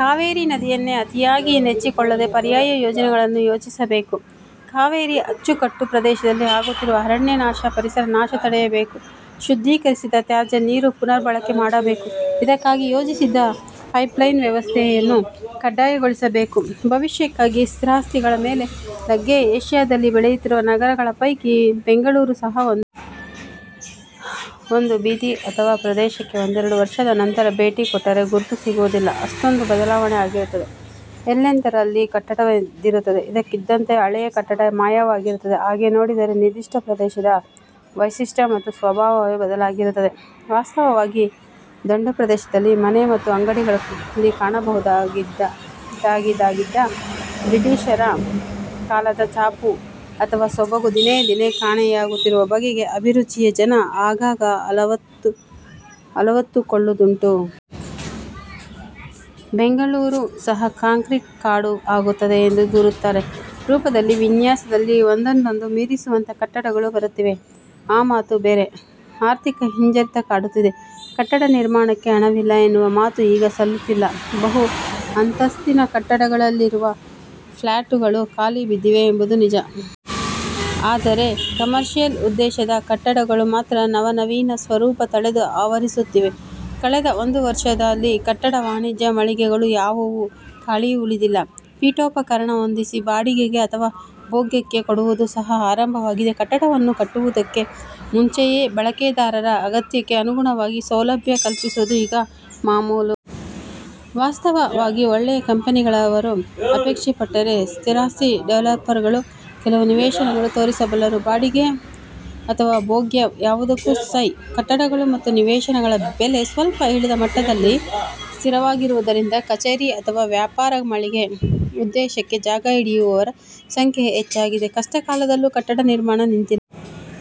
*ಕಾವೇರಿ ನದಿಯನ್ನೇ ಅತಿಯಾಗಿ ನೆಚ್ಚಿಕೊಳ್ಳದೆ ಪರ್ಯಾಯ ಯೋಜನೆಗಳನ್ನು ಯೋಚಿಸಬೇಕು. ಕಾವೇರಿ ಅಚ್ಚು ಕಟ್ಟು ಪ್ರದೇಶದಲ್ಲಿ ಆಗುತ್ತಿರುವ ಅರಣ್ಯನಾಶ, ಪರಿಸರ ನಾಶ ತಡೆಯಬೇಕು. *ಶುದ್ಧೀಕರಿಸಿದ ತ್ಯಾಜ್ಯ ನೀರು ಪುನರ್ಬಳಕೆ ಮಾಡಬೇಕು. ಇದಕ್ಕಾಗಿ ಯೋಜಿಸಿದ್ದ ಪೈಪ್ಲೈನ್ ವ್ಯವಸ್ಥೆಯನ್ನು ಕಡ್ಡಾಯಗೊಳಿಸಬೇಕು. ಭವಿಷ್ಯಕ್ಕಾಗಿ ಸ್ಥಿರಾಸ್ತಿಗಳ ಮೇಲೆ ಲಗ್ಗೆ ಏಷ್ಯಾದಲ್ಲಿ ಬೆಳೆಯುತ್ತಿರುವ ನಗರಗಳ ಪೈಕಿ ಬೆಂಗಳೂರು ಸಹಾ ಒಂದು. ಒಂದು ಬೀದಿ ಅಥವಾ ಪ್ರದೇಶಕ್ಕೆ ಒಂದೆರಡು ವರ್ಷದ ನಂತರ ಭೇಟಿ ಕೊಟ್ಟರೆ ಗುರುತು ಸಿಗುವುದಿಲ್ಲ. ಅಷ್ಟೊಂದು ಬದಲಾವಣೆ ಆಗಿರುತ್ತದೆ. ಎಲ್ಲೆಂದರಲ್ಲಿ ಕಟ್ಟಡ ಎದ್ದಿರುತ್ತದೆ. ಇದ್ದಕ್ಕಿದ್ದಂತೆ ಹಳೆಯ ಕಟ್ಟಡ ಮಾಯವಾಗಿರುತ್ತದೆ. ಹಾಗೆ ನೋಡಿದರೆ ನಿರ್ದಿಷ್ಟ ಪ್ರದೇಶದ ವೈಶಿಷ್ಟ ಮತ್ತು ಸ್ವಭಾವವೇ ಬದಲಾಗಿರುತ್ತದೆ. ವಾಸ್ತವವಾಗಿ ದಂಡು ಪ್ರದೇಶದಲ್ಲಿ ಮನೆ ಮತ್ತು ಅಂಗಡಿಗಳಲ್ಲಿ ಕಾಣಬಹುದಾಗಿದಾಗಿದ್ದ ಬ್ರಿಟಿಷರ ಕಾಲದ ಛಾಪು ಅಥವಾ ಸೊಬಗು ದಿನೇ ದಿನೇ ಕಾಣೆಯಾಗುತ್ತಿರುವ ಬಗೆಗೆ ಅಭಿರುಚಿಯ ಜನ ಆಗಾಗ ಅಲವತ್ತುಕೊಳ್ಳುದುಂಟು. ಬೆಂಗಳೂರು ಸಹಾ ಕಾಂಕ್ರೀಟ್ ಕಾಡು ಆಗುತ್ತದೆ ಎಂದು ದೂರುತ್ತಾರೆ. ರೂಪದಲ್ಲಿ ವಿನ್ಯಾಸದಲ್ಲಿ ಒಂದನ್ನೊಂದು ಮೀರಿಸುವಂಥ ಕಟ್ಟಡಗಳು ಬರುತ್ತಿವೆ. ಆ ಮಾತು ಬೇರೆ. ಆರ್ಥಿಕ ಹಿಂಜರಿತ ಕಾಡುತ್ತಿದೆ. ಕಟ್ಟಡ ನಿರ್ಮಾಣಕ್ಕೆ ಹಣವಿಲ್ಲ ಎನ್ನುವ ಮಾತು ಈಗ ಸಲ್ಲುತ್ತಿಲ್ಲ. ಬಹು ಅಂತಸ್ತಿನ ಕಟ್ಟಡಗಳಲ್ಲಿರುವ ಫ್ಲ್ಯಾಟುಗಳು ಖಾಲಿ ಬಿದ್ದಿವೆ ಎಂಬುದು ನಿಜ. ಆದರೆ ಕಮರ್ಷಿಯಲ್ ಉದ್ದೇಶದ ಕಟ್ಟಡಗಳು ಮಾತ್ರ ನವನವೀನ ಸ್ವರೂಪ ತಳೆದು ಆವರಿಸುತ್ತಿವೆ. ಕಳೆದ ಒಂದು ವರ್ಷದಲ್ಲಿ ಕಟ್ಟಡ ವಾಣಿಜ್ಯ ಮಳಿಗೆಗಳು ಯಾವುವೂ ಖಾಲಿ ಉಳಿದಿಲ್ಲ. ಪೀಠೋಪಕರಣ ಹೊಂದಿಸಿ ಬಾಡಿಗೆಗೆ ಅಥವಾ ಭೋಗ್ಯಕ್ಕೆ ಕೊಡುವುದು ಸಹಾ ಆರಂಭವಾಗಿದೆ. ಕಟ್ಟಡವನ್ನು ಕಟ್ಟುವುದಕ್ಕೆ ಮುಂಚೆಯೇ ಬಳಕೆದಾರರ ಅಗತ್ಯಕ್ಕೆ ಅನುಗುಣವಾಗಿ ಸೌಲಭ್ಯ ಕಲ್ಪಿಸುವುದು ಈಗ ಮಾಮೂಲು. ವಾಸ್ತವವಾಗಿ ಒಳ್ಳೆಯ ಕಂಪೆನಿಗಳವರು, ಅಪೇಕ್ಷೆ ಪಟ್ಟರೆ ಸ್ಥಿರಾಸ್ತಿ ಡೆವಲಪರ್ಗಳು, ಕೆಲವು ನಿವೇಶನಗಳನ್ನು ತೋರಿಸಬಲ್ಲರು. ಬಾಡಿಗೆ ಅಥವಾ ಭೋಗ್ಯ ಯಾವುದಕ್ಕೂ ಸೈ. ಕಟ್ಟಡಗಳು ಮತ್ತು ನಿವೇಶನಗಳ ಬೆಲೆ ಸ್ವಲ್ಪ ಇಳಿದ ಮಟ್ಟದಲ್ಲಿ ಸ್ಥಿರವಾಗಿರುವುದರಿಂದ ಕಚೇರಿ ಅಥವಾ ವ್ಯಾಪಾರ ಮಳಿಗೆ ಉದ್ದೇಶಕ್ಕೆ ಜಾಗ ಹಿಡಿಯುವವರ ಸಂಖ್ಯೆ ಹೆಚ್ಚಾಗಿದೆ. ಕಷ್ಟ ಕಾಲದಲ್ಲೂ ಕಟ್ಟಡ ನಿರ್ಮಾಣ ನಿಂತಿಲ್ಲ.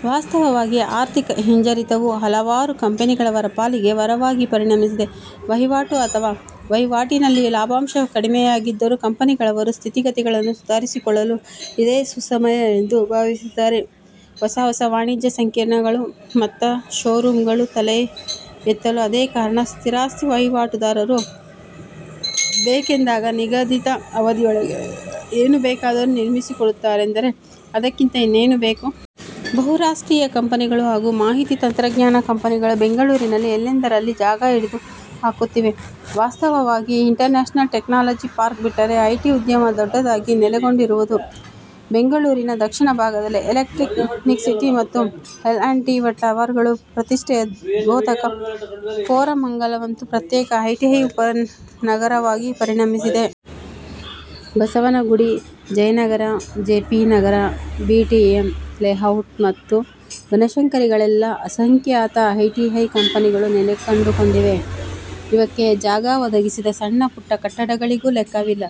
ವಾಸ್ತವವಾಗಿ ಆರ್ಥಿಕ ಹಿಂಜರಿತವು ಹಲವಾರು ಕಂಪೆನಿಗಳವರ ಪಾಲಿಗೆ ವರವಾಗಿ ಪರಿಣಮಿಸಿದೆ. ವಹಿವಾಟು ಅಥವಾ ವಹಿವಾಟಿನಲ್ಲಿ ಲಾಭಾಂಶ ಕಡಿಮೆಯಾಗಿದ್ದರೂ ಕಂಪೆನಿಗಳವರು ಸ್ಥಿತಿಗತಿಗಳನ್ನು ಸುಧಾರಿಸಿಕೊಳ್ಳಲು ಇದೇ ಸುಸಮಯ ಎಂದು ಭಾವಿಸಿದ್ದಾರೆ. ಹೊಸ ಹೊಸ ವಾಣಿಜ್ಯ ಸಂಕೀರ್ಣಗಳು ಮತ್ತ ಷೋರೂಮುಗಳು ತಲೆಯೆತ್ತಲು ಅದೇ ಕಾರಣ. ಸ್ಥಿರಾಸ್ತಿ ವಹಿವಾಟುದಾರರು ಬೇಕೆಂದಾಗ ನಿಗದಿತ ಅವಧಿಯೊಳಗೆ ಏನು ಬೇಕಾದರೂ ನಿರ್ಮಿಸಿಕೊಡುತ್ತಾರೆಂದರೆ ಅದಕ್ಕಿಂತ ಇನ್ನೇನು ಬೇಕು? ಬಹುರಾಷ್ಟ್ರೀಯ ಕಂಪನಿಗಳು ಹಾಗೂ ಮಾಹಿತಿ ತಂತ್ರಜ್ಞಾನ ಕಂಪೆನಿಗಳು ಬೆಂಗಳೂರಿನಲ್ಲಿ ಎಲ್ಲೆಂದರಲ್ಲಿ ಜಾಗ ಹಿಡಿದು ಹಾಕುತ್ತಿವೆ. ವಾಸ್ತವವಾಗಿ ಇಂಟರ್ನ್ಯಾಷನಲ್ ಟೆಕ್ನಾಲಜಿ ಪಾರ್ಕ್ ಬಿಟ್ಟರೆ ಐಟಿ ಉದ್ಯಮ ದೊಡ್ಡದಾಗಿ ನೆಲೆಗೊಂಡಿರುವುದು ಬೆಂಗಳೂರಿನ ದಕ್ಷಿಣ ಭಾಗದಲ್ಲೇ ಎಲೆಕ್ಟ್ರಾನಿಕ್ಸಿಟಿ ಮತ್ತು ಎಲ್ ಆಂಡ್ ಟಿ ಟವರ್ಗಳು ಪ್ರತಿಷ್ಠೆಯ ದ್ಯೋತಕ. ಕೋರಮಂಗಲವಂತೂ ಪ್ರತ್ಯೇಕ ಐಟಿ ಉಪನಗರವಾಗಿ ಪರಿಣಮಸಿದೆ. Basavanagudi, Jayanagar, J. P. Nagar, BTM ಲೇಔಟ್ಮತ್ತು ಬನಶಂಕರಿಗಳಲ್ಲೆಲ್ಲ ಅಸಂಖ್ಯಾತ ಐಟಿ ಕಂಪೆನಿಗಳು ನೆಲೆ ಕಂಡುಕೊಂಡಿವೆ. ಇವಕ್ಕೆ ಜಾಗ ಒದಗಿಸಿದ ಸಣ್ಣಪುಟ್ಟ ಕಟ್ಟಡಗಳಿಗೂ ಲೆಕ್ಕವಿಲ್ಲ.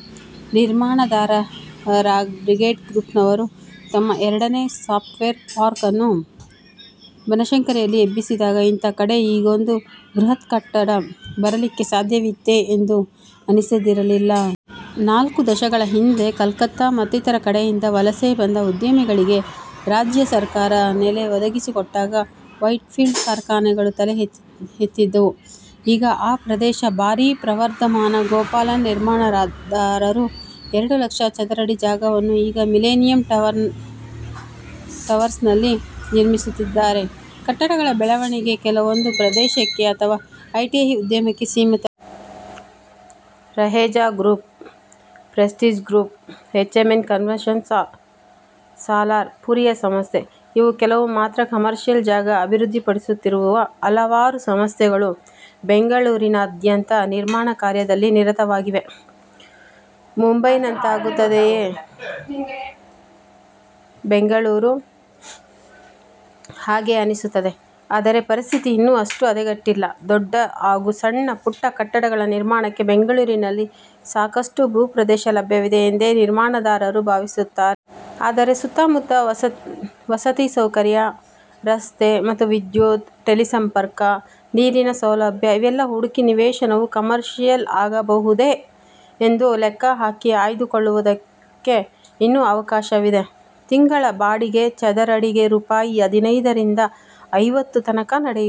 ನಿರ್ಮಾಣದಾರರಾಗ ಬ್ರಿಗೇಡ್ ಗ್ರೂಪ್ನವರು ತಮ್ಮ ಎರಡನೇ ಸಾಫ್ಟ್ವೇರ್ ಪಾರ್ಕ್ಅನ್ನು ಬನಶಂಕರಿಯಲ್ಲಿ ಎಬ್ಬಿಸಿದಾಗ ಇಂಥ ಕಡೆ ಹೀಗೊಂದು ಬೃಹತ್ಕಟ್ಟಡ ಬರಲಿಕ್ಕೆ ಸಾಧ್ಯವಿತ್ತೇ ಎಂದು ಅನಿಸದಿರಲಿಲ್ಲ. ನಾಲ್ಕು ದಶಕಗಳ ಹಿಂದೆ ಕಲ್ಕತ್ತಾ ಮತ್ತಿತರ ಕಡೆಯಿಂದ ವಲಸೆ ಬಂದ ಉದ್ಯಮಿಗಳಿಗೆ ರಾಜ್ಯ ಸರ್ಕಾರ ನೆಲೆ ಒದಗಿಸಿಕೊಟ್ಟಾಗ ವೈಟ್ಫೀಲ್ಡ್ ಕಾರ್ಖಾನೆಗಳು ತಲೆ ಎತ್ತಿದುವು. ಈಗ ಆ ಪ್ರದೇಶ ಭಾರೀ ಪ್ರವರ್ಧಮಾನ. ಗೋಪಾಲನ್ ನಿರ್ಮಾಣದಾರರು ಎರಡು ಲಕ್ಷ ಚದರಡಿ ಜಾಗವನ್ನು ಈಗ ಮಿಲೆನಿಯಂ ಟವರ್ಸ್ನಲ್ಲಿ ನಿರ್ಮಿಸುತ್ತಿದ್ದಾರೆ. ಕಟ್ಟಡಗಳ ಬೆಳವಣಿಗೆ ಕೆಲವೊಂದು ಪ್ರದೇಶಕ್ಕೆ ಅಥವಾ ಐಟಿ ಉದ್ಯಮಕ್ಕೆ ಸೀಮಿತವಲ್ಲ. Raheja group, Prestige group, H M construction, Salarpuria ಸಂಸ್ಥೆ ಇವು ಕೆಲವು ಮಾತ್ರ. ಕಮರ್ಷಿಯಲ್ ಜಾಗ ಅಭಿವೃದ್ಧಿಪಡಿಸುತ್ತಿರುವ ಹಲವಾರು ಸಂಸ್ಥೆಗಳು ಬೆಂಗಳೂರಿನಾದ್ಯಂತ ನಿರ್ಮಾಣ ಕಾರ್ಯದಲ್ಲಿ ನಿರತವಾಗಿವೆ. ಮುಂಬೈನಂತಾಗುತ್ತದೆಯೆ ಬೆಂಗಳೂರು? ಹಾಗೆ ಅನಿಸುತ್ತದೆ. ಆದರೆ ಪರಿಸ್ಥಿತಿ ಇನ್ನೂ ಅಷ್ಟು ಹದಗೆಟ್ಟಿಲ್ಲ. ದೊಡ್ಡ ಹಾಗೂ ಸಣ್ಣ ಪುಟ್ಟ ಕಟ್ಟಡಗಳ ನಿರ್ಮಾಣಕ್ಕೆ ಬೆಂಗಳೂರಿನಲ್ಲಿ ಸಾಕಷ್ಟು ಭೂಪ್ರದೇಶ ಲಭ್ಯವಿದೆ ಎಂದೇ ನಿರ್ಮಾಣದಾರರು ಭಾವಿಸುತ್ತಾರೆ. ಆದರೆ ಸುತ್ತ ಮುತ್ತ ವಸತಿ ಸೌಕರ್ಯ, ರಸ್ತೆ ಮತ್ತು ವಿದ್ಯುತ್ತು, ಟೆಲಿಸಂಪರ್ಕ, ನೀರಿನ ಸೌಲಭ್ಯ ಇವೆಲ್ಲ ಹುಡುಕಿ ನಿವೇಶನವು ಕಮರ್ಷಿಯಲ್ ಆಗಬಹುದೇ ಎಂದು ಲೆಕ್ಕ ಹಾಕಿ ಆಯ್ದು ಕೊಳ್ಳುವುದಕ್ಕೆ ಇನ್ನೂ ಅವಕಾಶವಿದೆ. ತಿಂಗಳ ಬಾಡಿಗೆ ಚದರಡಿಗೆ ರೂಪಾಯಿ ಹದಿನೈದರಿಂದ ಐವತ್ತು ತನಕ ನಡೆಯುತ್ತದೆ.